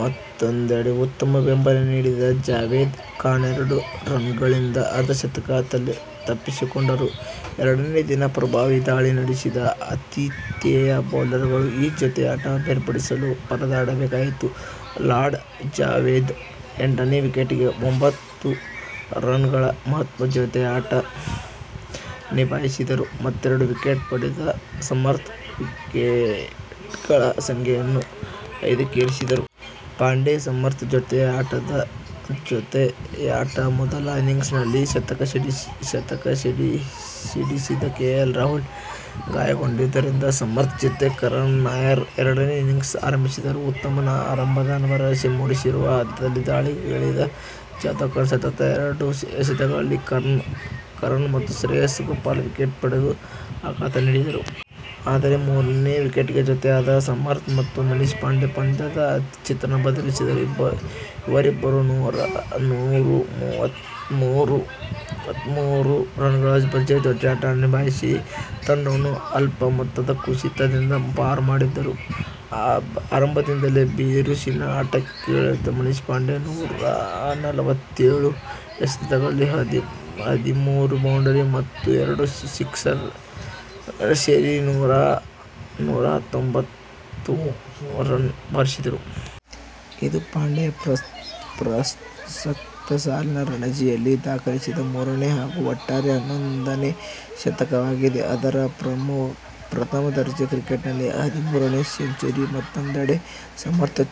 ಮತ್ತೂಂದೆಡೆ ಉತ್ತಮ ಬೆಂಬಲ ನೀಡಿದ ಜಾವೇದ್ ಖಾನ್ ಎರಡು ರನ್ಗಳಿಂದ ಅರ್ಧ ಶತಕ ತಪ್ಪಿಸಿಕೊಂಡರು. ಎರಡನೇ ದಿನ ಪ್ರಭಾವಿ ದಾಳಿ ನಡೆಸಿದ್ದ ಆತಿಥೇಯ ಬೌಲರ್ಗಳು ಈ ಜತೆಯಾಟ ಬೇರ್ಪಡಿಸಲು ಪರದಾಡಬೇಕಾಯಿತು. ಲಾಡ್-ಜಾವೇದ್ ಎಂಟನೇ ವಿಕೆಟಿಗೆ ಎಂಬತ್ತು ರನ್ಗಳ ಮಹತ್ವದ ಜತೆಯಾಟ ನಿಭಾಯಿಸಿದರು. ಮತ್ತೆರಡು ವಿಕೆಟ್ ಪಡೆದ ಸಮರ್ಥ್ ವಿಕೆಟ್ಗಳ ಸಂಖ್ಯೆಯನ್ನು ಐದಕ್ಕೇರಿಸಿಕೊಂಡರು. ಪಾಂಡೆ- ಸಮರ್ಥ್ ಜತೆಯಾಟಮೊದಲ ಇನಿಂಗ್ಸ್ನಲ್ಲಿ ಶತಕ ಸಿಡಿಸಿದ್ದ ಕೆ. ಎಲ್. ರಾಹುಲ್ ಗಾಯಗೊಂಡಿದ್ದರಿಂದ ಸಮರ್ಥ್ ಜತೆ ಕರಣ್ ನಾಯರ್ ಎರಡನೇ ಇನಿಂಗ್ಸ್ ಆರಂಭಿಸಿದರು. ಉತ್ತಮ ಆರಂಭದ ಭರವಸೆ ಮೂಡಿಸುವ ಹಂತದಲ್ಲಿ ದಾಳಿಗಿಳಿದ ಜಾವೇದ್ ಖಾನ್ ಸತತ ಎರಡು ಎಸೆತಗಳಲ್ಲಿ ಕರಣ್ ಮತ್ತು ಶ್ರೇಯಸ್ ಗೋಪಾಲ್ ವಿಕೆಟ್ ಪಡೆದು ಆಘಾತ ನೀಡಿದರು. ಆದರೆ ಮೂರನೇ ವಿಕೆಟ್ಗೆ ಜತೆಯಾದ ಸಮರ್ಥ್ ಮತ್ತು ಮನೀಷ್ ಪಾಂಡೆ ಪಂದ್ಯದ ಚಿತ್ರಣ ಬದಲಿಸಿದರು. ಇವರಿಬ್ಬರು ನೂರ ಮೂವತ್ಮೂರು ರನ್ಗಳ ಭರ್ಜರಿ ಜತೆಯಾಟ ನಿಭಾಯಿಸಿ ತಂಡವನ್ನು ಅಲ್ಪ ಮೊತ್ತದ ಕುಸಿತದಿಂದ ಪಾರು ಮಾಡಿದರು. ಆರಂಭದಿಂದಲೇ ಬಿರುಸಿನ ಆಟಕ್ಕಿಳಿದ ಮನೀಷ್ ಪಾಂಡೆ ನೂರ ನಲವತ್ತೇಳು ಎಸೆತಗಳಲ್ಲಿ ಹದಿಮೂರು ಬೌಂಡರಿ ಮತ್ತು ಎರಡು ಸಿಕ್ಸರ್ ಸೇರಿದ ನೂರ ಹತ್ತೊಂಬತ್ತು ರನ್ ಬಾರಿಸಿದರು. ಇದು ಪಾಂಡೆ ಪ್ರಸಕ್ತ ಸಾಲಿನ ರಣಜಿಯಲ್ಲಿ ದಾಖಲಿಸಿದ ಮೂರನೇ ಹಾಗೂ ಒಟ್ಟಾರೆ ಹನ್ನೊಂದನೇ ಶತಕವಾಗಿದೆ. ಅವರ ಪ್ರಥಮ ದರ್ಜೆ ಕ್ರಿಕೆಟಿನ ಹದಿಮೂರನೇ ಸೆಂಚುರಿ. ಮತ್ತೂಂದೆಡೆ ಸಮರ್ಥ್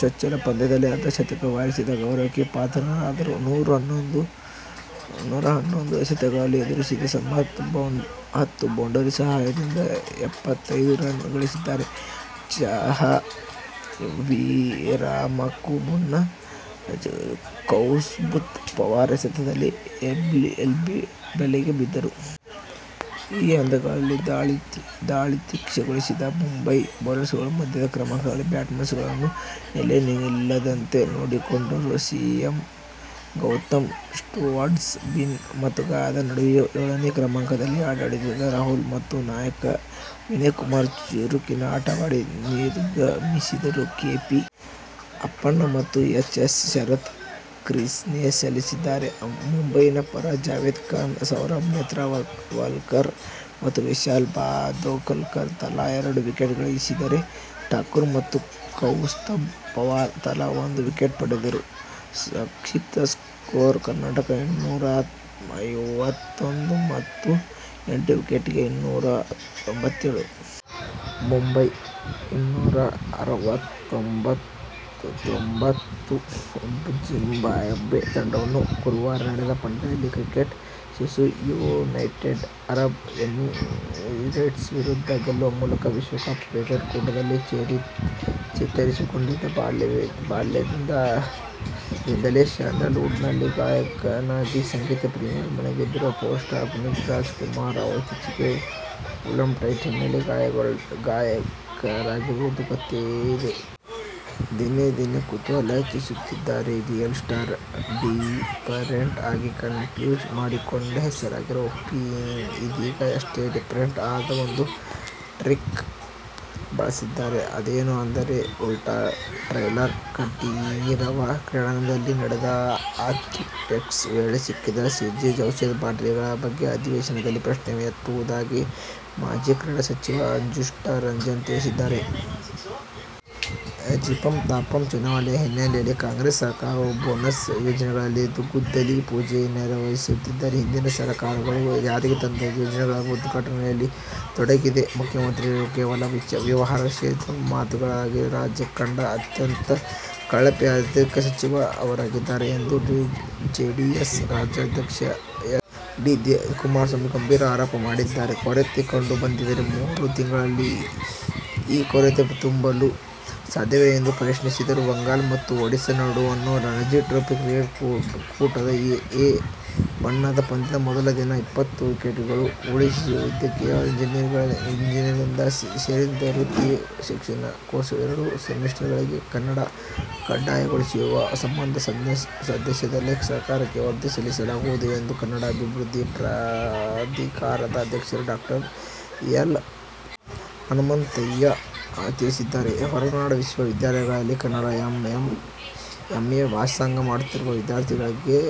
ಚೊಚ್ಚಲ ಪಂದ್ಯದಲ್ಲೇ ಅರ್ಧ ಶತಕ ಬಾರಿಸಿದ ಗೌರವಕ್ಕೆ ಪಾತ್ರರಾದರು. ನೂರ ಹನ್ನೊಂದು ಎಸೆತಗಳನ್ನು ಎದುರಿಸಿದ ಸಮರ್ಥ್ ಹತ್ತು ಬೌಂಡರಿ ಸಹಾಯದಿಂದ ಎಪ್ಪತ್ತೈದು ರನ್ ಗಳಿಸಿದ್ದಾಗ ಚಹಾ ವಿರಾಮಕ್ಕೂ ಮುನ್ನ ಕೌಸ್ತುಭ್ ಪವಾರ್ ಎಸೆತದಲ್ಲಿ ಎಲ್ಬಿ ಬಲೆಗೆ ಬಿದ್ದರು. ಈ ಹಂತದಲ್ಲಿ ದಾಳಿ ತೀಕ್ಷ್ಣಗೊಳಿಸಿದ ಮುಂಬಯಿ ಬೌಲರ್ಗಳು ಮಧ್ಯಮ ಕ್ರಮಾಂಕದ ಬ್ಯಾಟ್ಸ್ಮನ್ಗಳು ನೆಲೆ ನಿಲ್ಲದಂತೆ ನೋಡಿಕೊಂಡರು. C. M. Gautam, Stuart Binny ಮತ್ತು ಗಾಯದ ನಡುವೆಯೂ ಏಳನೇ ಕ್ರಮಾಂಕದಲ್ಲಿ ಆಡಲಿಳಿದ ರಾಹುಲ್ ಮತ್ತು ನಾಯಕ ವಿನಯ್ ಕುಮಾರ್ ಚುರುಕಿನ ಆಟವಾಡಿ ನಿರ್ಗಮಿಸಿದರು. ಕೆ. ಪಿ. ಅಪ್ಪಣ್ಣ ಮತ್ತು ಎಚ್. ಎಸ್. ಶರತ್ ಕ್ರೀಸ್ನಲ್ಲಿದ್ದಾರೆ. ಮುಂಬಯಿ ಪರ ಜಾವೇದ್ ಖಾನ್, ಸೌರಭ್ ನೇತ್ರಾವಲ್ಕರ್ ಮತ್ತು ವಿಶಾಲ್ ದಾಭೋಲ್ಕರ್ ತಲಾ ಎರಡು ವಿಕೆಟ್ ಗಳಿಸಿದರೆ, ಠಾಕೂರ್ ಮತ್ತು ಕೌಸ್ತುಭ್ ಪವಾರ್ ತಲಾ ಒಂದು ವಿಕೆಟ್ ಪಡೆದರು. ಸಂಕ್ಷಿಪ್ತ ಸ್ಕೋರ್: ಕರ್ನಾಟಕ-ಇನ್ನೂರ ಐವತ್ತೊಂದು ಮತ್ತು ಎಂಟು ವಿಕೆಟಿಗೆ ಇನ್ನೂರ ಎಂಬತ್ತೇಳು. ಮುಂಬಯಿ-ಇನ್ನೂರ ಅರವತ್ತೊಂಬತ್ತು. ಜಿಂಬಾಬ್ವೆ ತಂಡವು ಗುರುವಾರ ನಡೆದ ಪಂದ್ಯದಲ್ಲಿ ಕ್ರಿಕೆಟ್ ಶಿಶು ಯುನೈಟೆಡ್ ಅರಬ್ ಎಮಿರೇಟ್ಸ್ ವಿರುದ್ಧ ಗೆಲ್ಲುವ ಮೂಲಕ ವಿಶ್ವ ಕಪ್ ಕ್ರಿಕೆಟ್ ಕೂಟದಲ್ಲಿ ಚೇತರಿಸಿಕೊಂಡಿದೆ. ಬಾಲ್ಯದಿಂದಲೇ ಸ್ಯಾಂಡಲ್ ವುಡ್'ನಲ್ಲಿ ಗಾಯಕನಾಗಿ ಸಂಗೀತ ಪ್ರಿಯರ ಮನಗೆದ್ದಿದ್ದ ಪವರ್ ಸ್ಟಾರ್ ಪುನೀತ್ ರಾಜ್ ಕುಮಾರ್ ಇತ್ತೀಚೆಗೆ ಫುಲ್ ಟೈಂ ಹಿನ್ನಲೆ ಗಾಯಕರಾಗಿರುವುದು ಗೊತ್ತೆ ಇದೆ. ದಿನೇ ದಿನೇ ಕುತೂಹಲ ಹೆಚ್ಚಿಸುತ್ತಿದ್ದಾರೆ ರಿಯಲ್ ಸ್ಟಾರ್, ಡಿಫರೆಂಟ್ ಆಗಿ ಕನ್ ಫ್ಯೂಸ್ ಮಾಡೊಕ್ಕೆ ಹೆಸರಾಗಿರೋ ಉಪ್ಪಿ ಇದೀಗ ಅಷ್ಟೇ ಡಿಫರೆಂಟ್ ಆದ ಒಂದು ಟ್ರಿಕ್ ಬಳಸಿದ್ದಾರೆ. ಅದೇನು ಅಂದರೆ ಉಲ್ಟಾ ಟ್ರೇಲರ್. ಕಂಠೀರವ ಕ್ರೀಡಾಂಗಣದಲ್ಲಿ ನಡೆದ ಆ್ಯತ್ಲೆಟಿಕ್ಸ್ ವೇಳೆ ಸಿಕ್ಕಿದ ಸಿರಿಂಜ್, ಔಷಧ ಬಾಟಲಿಗಳ ಬಗ್ಗೆ ಅಧಿವೇಶನದಲ್ಲಿ ಪ್ರಶ್ನೆ ಎತ್ತುವುದಾಗಿ ಮಾಜಿ ಕ್ರೀಡಾ ಸಚಿವ ಅಪ್ಪಚ್ಚು ರಂಜನ್ ತಿಳಿಸಿದ್ದಾರೆ. ಜಿಪಂ, ತಾಪಂ ಚುನಾವಣೆ ಹಿನ್ನೆಲೆಯಲ್ಲಿ ಕಾಂಗ್ರೆಸ್ ಸರಕಾರ ಬೋಗಸ್ ಯೋಜನೆಗಳಿಗೆ ಗುದ್ದಲಿ ಪೂಜೆ ನೆರವೇರಿಸುತ್ತಿದೆ. ಹಿಂದಿನ ಸರಕಾರಗಳು ಜಾರಿಗೆ ತಂದ ಯೋಜನೆಗಳ ಉದ್ಘಾಟನೆಯಲ್ಲಿ ತೊಡಗಿದೆ. ಮುಖ್ಯಮಂತ್ರಿಗಳದ್ದು ಕೇವಲ ವೀರಾವೇಶದ ಮಾತುಗಳಾಗಿದ್ದು, ರಾಜ್ಯ ಕಂಡ ಅತ್ಯಂತ ಕಳಪೆ ಆರ್ಥಿಕ ಸಚಿವರು ಅವರಾಗಿದ್ದಾರೆ ಎಂದು ಜೆಡಿಎಸ್ ರಾಜ್ಯಾಧ್ಯಕ್ಷ ಎಚ್. ಡಿ. ಕುಮಾರಸ್ವಾಮಿ ಗಂಭೀರ ಆರೋಪ ಮಾಡಿದ್ದಾರೆ. ಕೊರತೆ ಕಂಡು ಬಂದಿದೆ. ಮೂರು ತಿಂಗಳಲ್ಲಿ ಈ ಕೊರತೆ ತುಂಬಲು ಸಾಧ್ಯವೇ ಎಂದು ಪ್ರಶ್ನಿಸಿದರು. ಬಂಗಾಲ ಮತ್ತು ಒಡಿಶಾ ನಡುವಣ ರಣಜಿ ಟ್ರೋಫಿ ಕ್ರಿಕೆಟ್ ಕೂಟದ 'ಎ' ಬಣದ ಪಂದ್ಯದ ಮೊದಲ ದಿನ ಇಪ್ಪತ್ತು ವಿಕೆಟ್ಗಳು ಉರುಳಿವೆ. ವೈದ್ಯಕೀಯ, ಎಂಜಿನಿಯರಿಂಗ್ ಸೇರಿದಂತೆ ವೃತ್ತಿ ಶಿಕ್ಷಣ ಕೋರ್ಸ್ಗಳ ಎರಡು ಸೆಮಿಸ್ಟರ್ಗಳಿಗೆ ಕನ್ನಡ ಕಡ್ಡಾಯಗೊಳಿಸುವ ಸಂಬಂಧ ಸದ್ಯದಲ್ಲೇ ಸರ್ಕಾರಕ್ಕೆ ವರದಿ ಸಲ್ಲಿಸಲಾಗುವುದು ಎಂದು ಕನ್ನಡ ಅಭಿವೃದ್ಧಿ ಪ್ರಾಧಿಕಾರದ ಅಧ್ಯಕ್ಷ ಡಾಕ್ಟರ್ ಎಲ್. ಹನುಮಂತಯ್ಯ ತಿಳಿಸಿದ್ದಾರೆ. ಹೊರನಾಡ ವಿಶ್ವವಿದ್ಯಾಲಯಗಳಲ್ಲಿ ಕನ್ನಡ ಎಂ. ಎ. ವ್ಯಾಸಂಗ ಮಾಡುತ್ತಿರುವ ವಿದ್ಯಾರ್ಥಿಗಳಿಗೆ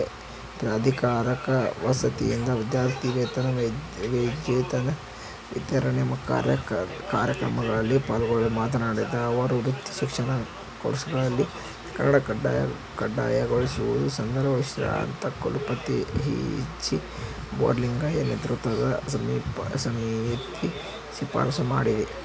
ಪ್ರಾಧಿಕಾರದ ವತಿಯಿಂದ ವಿದ್ಯಾರ್ಥಿವೇತನ ವಿತರಣೆ ಕಾರ್ಯಕ್ರಮದಲ್ಲಿ ಪಾಲ್ಗೊಂಡು ಮಾತನಾಡಿದ ಅವರು, ವೃತ್ತಿ ಶಿಕ್ಷಣ ಕೋರ್ಸ್ಗಳಲ್ಲಿ ಕನ್ನಡ ಕಡ್ಡಾಯಗೊಳಿಸುವ ಸಂಬಂಧ ವಿಶ್ರಾಂತ ಕುಲಪತಿ ಹಿ. ಚಿ. ಬೋರಲಿಂಗಯ್ಯ ನೇತೃತ್ವದ ಸಮಿತಿಯೂ ಶಿಫಾರಸು ಮಾಡಿದೆ.